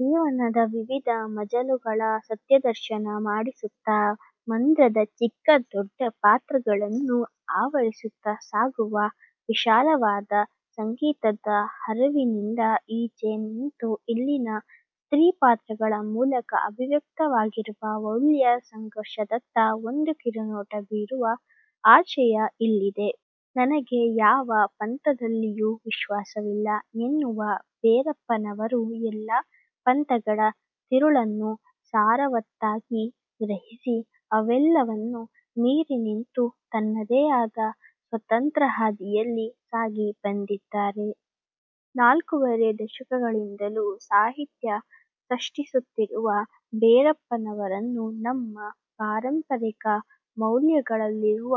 ಜೀವನದ ವಿವಿಧ ಮಜಲುಗಳ ಸತ್ಯದರ್ಶನ ಮಾಡಿಸುತ್ತಾ ಮಂದ್ರದ ಚಿಕ್ಕ ದೊಡ್ಡ ಪಾತ್ರಗಳನ್ನು ಆವರಿಸುತ್ತಾ ಸಾಗುವ ವಿಶಾಲವಾದ ಸಂಗೀತದ ಹರವಿನಿಂದ ಈಚೆ ನಿಂತು ಇಲ್ಲಿನ ಸ್ತ್ರೀ ಪಾತ್ರಗಳ ಮೂಲಕ ಅಭಿವ್ಯಕ್ತವಾಗಿರುವ ವೌಲ್ಯ ಸಂಘರ್ಷದತ್ತ ಒಂದು ಕಿರು ನೋಟ ಬೀರುವ ಆಶಯ ಇಲ್ಲಿದೆ. 'ನನಗೆ ಯಾವ ಪಂಥದಲ್ಲಿಯೂ ವಿಶ್ವಾಸವಿಲ್ಲ' ಎನ್ನುವ ಭೆರಪ್ಪನವರು ಎಲ್ಲಾ ಪಂಥಗಳ ತಿರುಳನ್ನೂ ಸಾರವತ್ತಾಗಿ ಗ್ರಹಿಸಿ, ಅವೆಲ್ಲವನ್ನೂ ಮೀರಿನಿಂತು, ತನ್ನದೇ ಆದ ಸ್ವತಂತ್ರ ಹಾದಿಯಲ್ಲಿ ಸಾಗಿ ಬಂದಿದ್ದಾರೆ. ನಾಲಕ್ಕೂವರೆ ದಶಕಗಳಿಂದಲೂ ಸಾಹಿತ್ಯ ಸಷ್ಟಿಸುತ್ತಿರುವ ಭೆರಪ್ಪನವರನ್ನು ನಮ್ಮ ಪಾರಂಪರಿಕ ವೌಲ್ಯಗಳಲ್ಲಿರುವ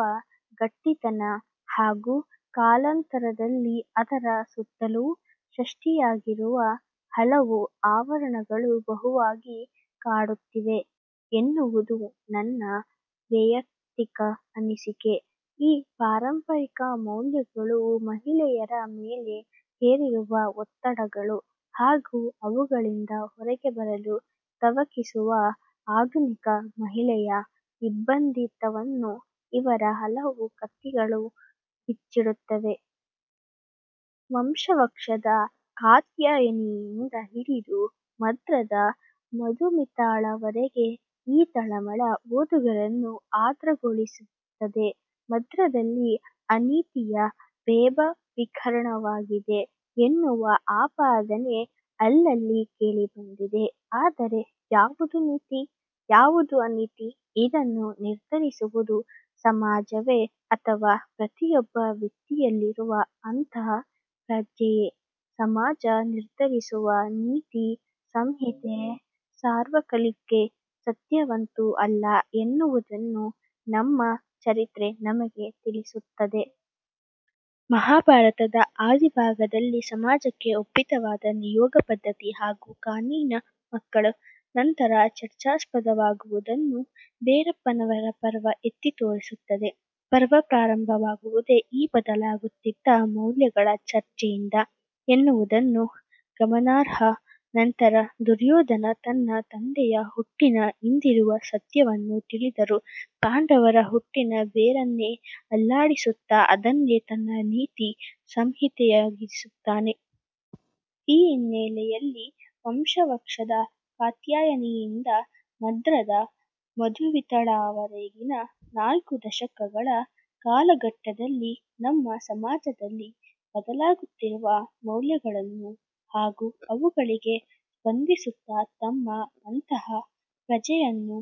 ಗಟ್ಟಿತನ ಹಾಗೂ ಕಾಲಾಂತರದಲ್ಲಿ ಅದರ ಸುತ್ತಲೂ ಸಷ್ಟಿಯಾಗಿರುವ ಹಲವು ಆವರಣಗಳು ಬಹುವಾಗಿ ಕಾಡುತ್ತವೆ ಎನ್ನುವುದು ನನ್ನ ವೆಯಕ್ತಿಕ ಅನಿಸಿಕೆ. ಈ ಪಾರಂಪರಿಕ ವೌಲ್ಯಗಳು ಮಹಿಳೆಯರ ಮೇಲೆ ಹೇರಿರುವ ಒತ್ತಡಗಳು ಹಾಗೂ ಅವುಗಳಿಂದ ಹೊರಗೆ ಬರಲು ತವಕಿಸುವ ಆಧುನಿಕ ಮಹಿಳೆಯ ಇಬ್ಬಂದಿತನವನ್ನು ಇವರ ಹಲವು ಕತಿಗಳು ಬಿಚ್ಚಿಡುತ್ತವೆ. 'ವಂಶವಕ್ಷ'ದ ಕಾತ್ಯಾಯನಿಯಿಂದ ಹಿಡಿದು 'ಮಂದ್ರ'ದ ಮಧುಮಿತಾಳವರೆಗೆ ಈ ತಳಮಳ ಓದುಗರನ್ನು ಆರ್ದ್ರಗೊಳಿಸುತ್ತದೆ. 'ಮಂದ್ರ'ದಲ್ಲಿ ಅನೀತಿಯ ವೆಭವೀಕರಣವಾಗಿದೆ ಎನ್ನುವ ಆಪಾದನೆ ಅಲ್ಲಲ್ಲಿ ಕೇಳಿಬಂದಿದೆ. ಆದರೆ, ಯಾವುದು ನೀತಿ? ಯಾವುದು ಅನೀತಿ? ಇದನ್ನು ನಿರ್ಧರಿಸುವುದು ಸಮಾಜವೇ ಅಥವಾ ಪ್ರತಿಯೊಬ್ಬ ವ್ಯಕ್ತಿಯಲ್ಲಿರುವ ಅಂತಃ ಪ್ರಜ್ಞೆಯೇ? ಸಮಾಜ ನಿರ್ಧರಿಸುವ ನೀತಿ ಸಂಹಿತೆ ಸಾರ್ವಕಾಲಿಕ ಸತ್ಯವಂತೂ ಅಲ್ಲ ಎನ್ನುವುದನ್ನು ನಮ್ಮ ಚರಿತ್ರೆ ನಮಗೆ ತಿಳಿಸುತ್ತಿದೆ. ಮಹಾಭಾರತದ ಆದಿ ಭಾಗದಲ್ಲಿ ಸಮಾಜಕ್ಕೆ ಒಪ್ಪಿತವಾದ ನಿಯೋಗ ಪದ್ಧತಿ ಹಾಗೂ ಕಾನೀನ ಮಕ್ಕಳು ನಂತರ ಚರ್ಚಾಸ್ಪದವಾಗುವುದನ್ನು ಭೆರಪ್ಪನವರ 'ಪರ್ವ' ಎತ್ತಿ ತೋರಿಸುತ್ತದೆ. ಪರ್ವ ಪ್ರಾರಂಭವಾಗುವುದೇ ಈ ಬದಲಾಗುತ್ತಿದ್ದ ವೌಲ್ಯಗಳ ಚರ್ಚೆಯಿಂದ ಎನ್ನುವುದನ್ನು ಗಮನಾರ್ಹ. ನಂತರ, ದುರ್ಯೋಧನ ತನ್ನ ತಂದೆಯ ಹುಟ್ಟಿನ ಹಿಂದಿರುವ ಸತ್ಯವನ್ನು ತಿಳಿದರೂ, ಪಾಂಡವರ ಹುಟ್ಟಿನ ಬೇರನ್ನೇ ಅಲ್ಲಾಡಿಸುತ್ತಾ, ಅದನ್ನೇ ತನ್ನ ನೀತಿ ಸಂಹಿತೆಯಾಗಿಸುತ್ತಾನೆ. ಈ ಹಿನ್ನೆಲೆಯಲ್ಲಿ, ವಂಶವಕ್ಷದ ಕಾತ್ಯಾಯನಿಯಿಂದ ಮಂದ್ರದ ಮಧುಮಿತಾಳವರೆಗಿನ ನಾಲಕ್ಕು ದಶಕಗಳ ಕಾಲಘಟ್ಟದಲ್ಲಿ ನಮ್ಮ ಸಮಾಜದಲ್ಲಿ ಬದಲಾಗುತ್ತಿರುವ ವೌಲ್ಯಗಳನ್ನೂ ಹಾಗೂ ಅವುಗಳಿಗೆ ಸ್ಪಂದಿಸುತ್ತಾ ತಮ್ಮ ಅಂತಃ ಪ್ರಜ್ಞೆಯನ್ನು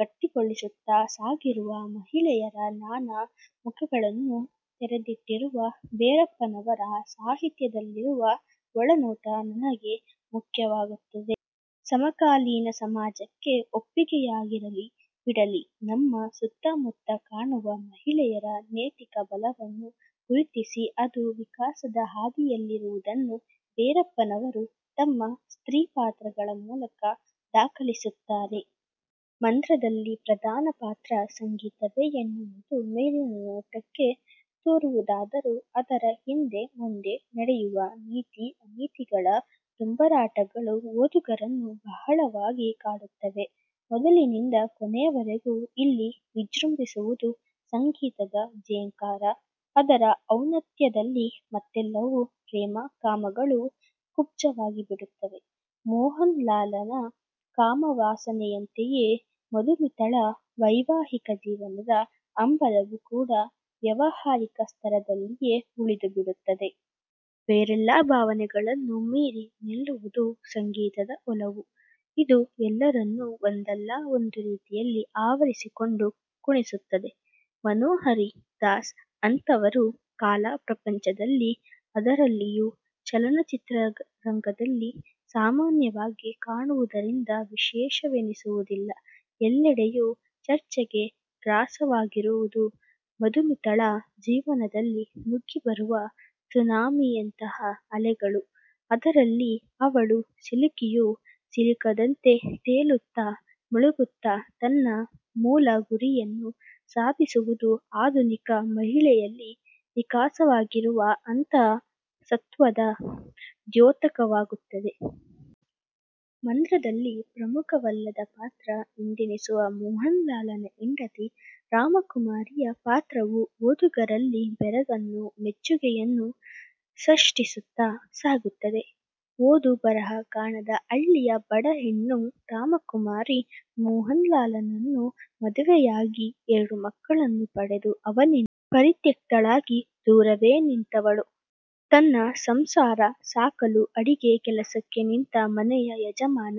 ಗಟ್ಟಿಗೊಳಿಸುತ್ತಾ ಸಾಗಿರುವ ಮಹಿಳೆಯರ ನಾನಾ ಮುಖಗಳನ್ನೂ ತೆರೆದಿಟ್ಟಿರುವ ಭೆರಪ್ಪನವರ ಸಾಹಿತ್ಯದಲ್ಲಿರುವ ಒಳನೋಟ ನನಗೆ ಮುಖ್ಯವಾಗುತ್ತದೆ. ಸಮಕಾಲೀನ ಸಮಾಜಕ್ಕೆ ಒಪ್ಪಿಗೆಯಾಗಿರಲಿ ಬಿಡಲಿ ನಮ್ಮ ಸುತ್ತ ಮುತ್ತ ಕಾಣುವ ಮಹಿಳೆಯರ ನೆತಿಕ ಬಲವನ್ನು ಗುರುತಿಸಿ ಅದು, ವಿಕಾಸದ ಹಾದಿಯಲ್ಲಿರುವುದನ್ನು ಭೆರಪ್ಪನವರು ತಮ್ಮ ಸ್ತ್ರೀ ಪಾತ್ರಗಳ ಮೂಲಕ ದಾಖಲಿಸುತ್ತಾರೆ. 'ಮಂದ್ರ'ದಲ್ಲಿ ಪ್ರಧಾನ ಪಾತ್ರ ಸಂಗೀತವೇ ಎನ್ನುವುದು ಮೇಲಿನ ನೋಟಕ್ಕೇ ತೋರುವುದಾದರೂ, ಅದರ ಹಿಂದೆ ಮುಂದೆ ನಡೆಯುವ ನೀತಿ-ಅನೀತಿಗಳ ದೊಂಬರಾಟಗಳು ಓದುಗರನ್ನು ಬಹಳವಾಗಿ ಕಾಡುತ್ತವೆ. ಮೊದಲಿನಿಂದ ಕೊನೆಯವರೆಗೂ ಇಲ್ಲಿ ವಿಜೃಂಭಿಸುವುದು ಸಂಗೀತದ ಝೇಂಕಾರ. ಅದರ ಔನ್ನತ್ಯದಲ್ಲಿ ಮತ್ತೆಲ್ಲವೂ, ಪ್ರೇಮ-ಕಾಮಗಳೂ ಕುಬ್ಜವಾಗಿಬಿಡುತ್ತವೆ. ಮೋಹನಲಾಲನ ಕಾಮವಾಸನೆಯಂತೆಯೇ ಮಧುಮಿತಾಳ ವೈವಾಹಿಕ ಜೀವನದ ಹಂಬಲವೂ ಕೂಡ ವ್ಯಾವಹಾರಿಕ ಸ್ತರದಲ್ಲಿಯೇ ಉಳಿದುಬಿಡುತ್ತದೆ. ಬೇರೆಲ್ಲಾ ಭಾವಗಳನ್ನೂ ಮೀರಿ ನಿಲ್ಲುವುದು ಸಂಗೀತದ ಒಲವು. ಇದು ಎಲ್ಲರನ್ನೂ ಒಂದಲ್ಲ ಒಂದು ರೀತಿಯಲ್ಲಿ ಆವರಿಸಿಕೊಂಡು ಕುಣಿಸುತ್ತದೆ. ಮನೋಹರಿ ದಾಸ್ ಅಂತಹವರು ಕಲಾ ಪ್ರಪಂಚದಲ್ಲಿ ಅದರಲ್ಲಿಯೂ ಚಲನಚಿತ್ರರಂಗದಲ್ಲಿ ಸಾಮಾನ್ಯವಾಗಿ ಕಾಣುವುದರಿಂದ ವಿಶೇಷವೆನಿಸುವುದಿಲ್ಲ. ಎಲ್ಲೆಡೆಯೂ ಚರ್ಚೆಗೆ ಗ್ರಾಸವಾಗಿರುವುದು ಮಧುಮಿತಾಳ ಜೀವನದಲ್ಲಿ ನುಗ್ಗಿ ಬರುವ ಸುನಾಮಿಯಂತಹ ಅಲೆಗಳು. ಅದರಲ್ಲಿ ಅವಳು ಸಿಲುಕಿಯೂ ಸಿಲುಕದಂತೆ ತೇಲುತ್ತಾ ಮುಳುಗುತ್ತಾ ತನ್ನ ಮೂಲ ಗುರಿಯನ್ನು ಸಾಧಿಸುವುದು ಆಧುನಿಕ ಮಹಿಳೆಯಲ್ಲಿ ವಿಕಾಸವಾಗಿರುವ ಅಂತಃಸತ್ತ್ವದ ದ್ಯೋತಕವಾಗುತ್ತದೆ. ಮಂದ್ರದಲ್ಲಿ ಪ್ರಮುಖವಲ್ಲದ ಪಾತ್ರ ಎಂದೆನಿಸುವ ಮೋಹನಲಾಲನ ಹೆಂಡತಿ ರಾಮಕುಮಾರಿಯ ಪಾತ್ರವೂ ಓದುಗರಲ್ಲಿ ಬೆರಗನ್ನೂ ಮೆಚ್ಚುಗೆಯನ್ನೂ ಸಷ್ಟಿಸುತ್ತಾ ಸಾಗುತ್ತದೆ. ಓದು-ಬರಹ ಕಾಣದ ಹಳ್ಳಿಯ ಬಡ ಹೆಣ್ಣು ರಾಮಕುಮಾರಿ ಮೋಹನಲಾಲನನ್ನು ಮದುವೆಯಾಗಿ ಎರಡು ಮಕ್ಕಳನ್ನು ಪಡೆದು ಅವನಿಂದ ಪರಿತ್ಯಕ್ತಳಾಗಿ ದೂರವೇ ನಿಂತವಳು. ತನ್ನ ಸಂಸಾರ ಸಾಕಲು ಅಡಿಗೆ ಕೆಲಸಕ್ಕೆ ನಿಂತ ಮನೆಯ ಯಜಮಾನ,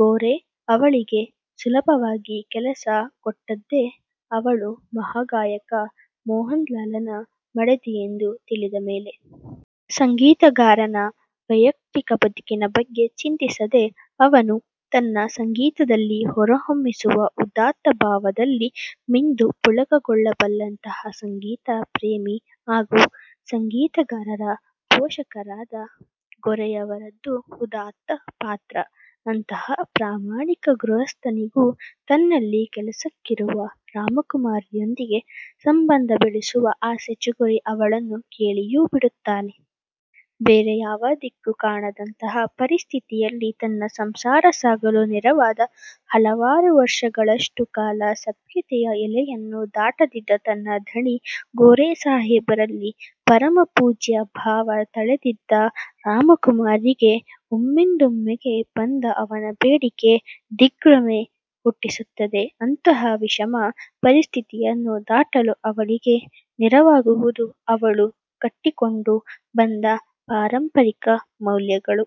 ಗೋರೆ ಅವಳಿಗೆ ಸುಲಭವಾಗಿ ಕೆಲಸ ಕೊಟ್ಟದ್ದೇ, ಅವಳು ಮಹಾಗಾಯಕ ಮೋಹನಲಾಲನ ಮಡದಿ ಎಂದು ತಿಳಿದಮೇಲೆ. ಸಂಗೀತಗಾರನ ವೆಯಕ್ತಿಕ ಬದುಕಿನ ಬಗ್ಗೆ ಚಿಂತಿಸದೆ, ಅವನು ತನ್ನ ಸಂಗೀತದಲ್ಲಿ ಹೊರಹೊಮ್ಮಿಸುವ ಉದಾತ್ತ ಭಾವದಲ್ಲಿ ಮಿಂದು ಪುಳಕಗೊಳ್ಳಬಲ್ಲಂತಹ ಸಂಗೀತ ಪ್ರೇಮಿ ಹಾಗೂ ಸಂಗೀತಗಾರರ ಪೋಷಕರಾದ ಗೋರೆಯವರದು ಉದಾತ್ತ ಪಾತ್ರ. ಅಂತಹ ಪ್ರಾಮಾಣಿಕ ಗೃಹಸ್ಥನಿಗೂ ತನ್ನಲ್ಲಿ ಕೆಲಸಕ್ಕಿರುವ ರಾಮಕುಮಾರಿಯೊಂದಿಗೆ ಸಂಬಂಧ ಬೆಳೆಸುವ ಆಸೆ ಚಿಗುರಿ ಅವಳನ್ನು ಕೇಳಿಯೂ ಬಿಡುತ್ತಾನೆ. ಬೇರೆ ಯಾವ ದಿಕ್ಕೂ ಕಾಣದಂತಹ ಪರಿಸ್ಥಿತಿಯಲ್ಲಿ, ತನ್ನ ಸಂಸಾರ ಸಾಗಲು ನೆರವಾದ, ಹಲವಾರು ವರ್ಷಗಳಷ್ಟು ಕಾಲ ಸಭ್ಯತೆಯ ಎಲ್ಲೆಯನ್ನು ದಾಟದಿದ್ದ ತನ್ನ ಧಣಿ ಗೋರೆಸಾಹೇಬರಲ್ಲಿ ಪರಮ ಪೂಜ್ಯ ಭಾವ ತಳೆದಿದ್ದ ರಾಮಕುಮಾರಿಗೆ ಒಮ್ಮಿಂದೊಮ್ಮೆಗೇ ಬಂದ ಅವನ ಬೇಡಿಕೆ ದಿಗ್ಭ್ರಮೆ ಹುಟ್ಟಿಸುತ್ತದೆ. ಅಂತಹ ವಿಷಮ ಪರಿಸ್ಥಿತಿಯನ್ನು ದಾಟಲು ಅವಳಿಗೆ ನೆರವಾಗುವುದು ಅವಳು ಕಟ್ಟಿಕೊಂಡು ಬಂದ ಪಾರಂಪರಿಕ ವೌಲ್ಯಗಳು.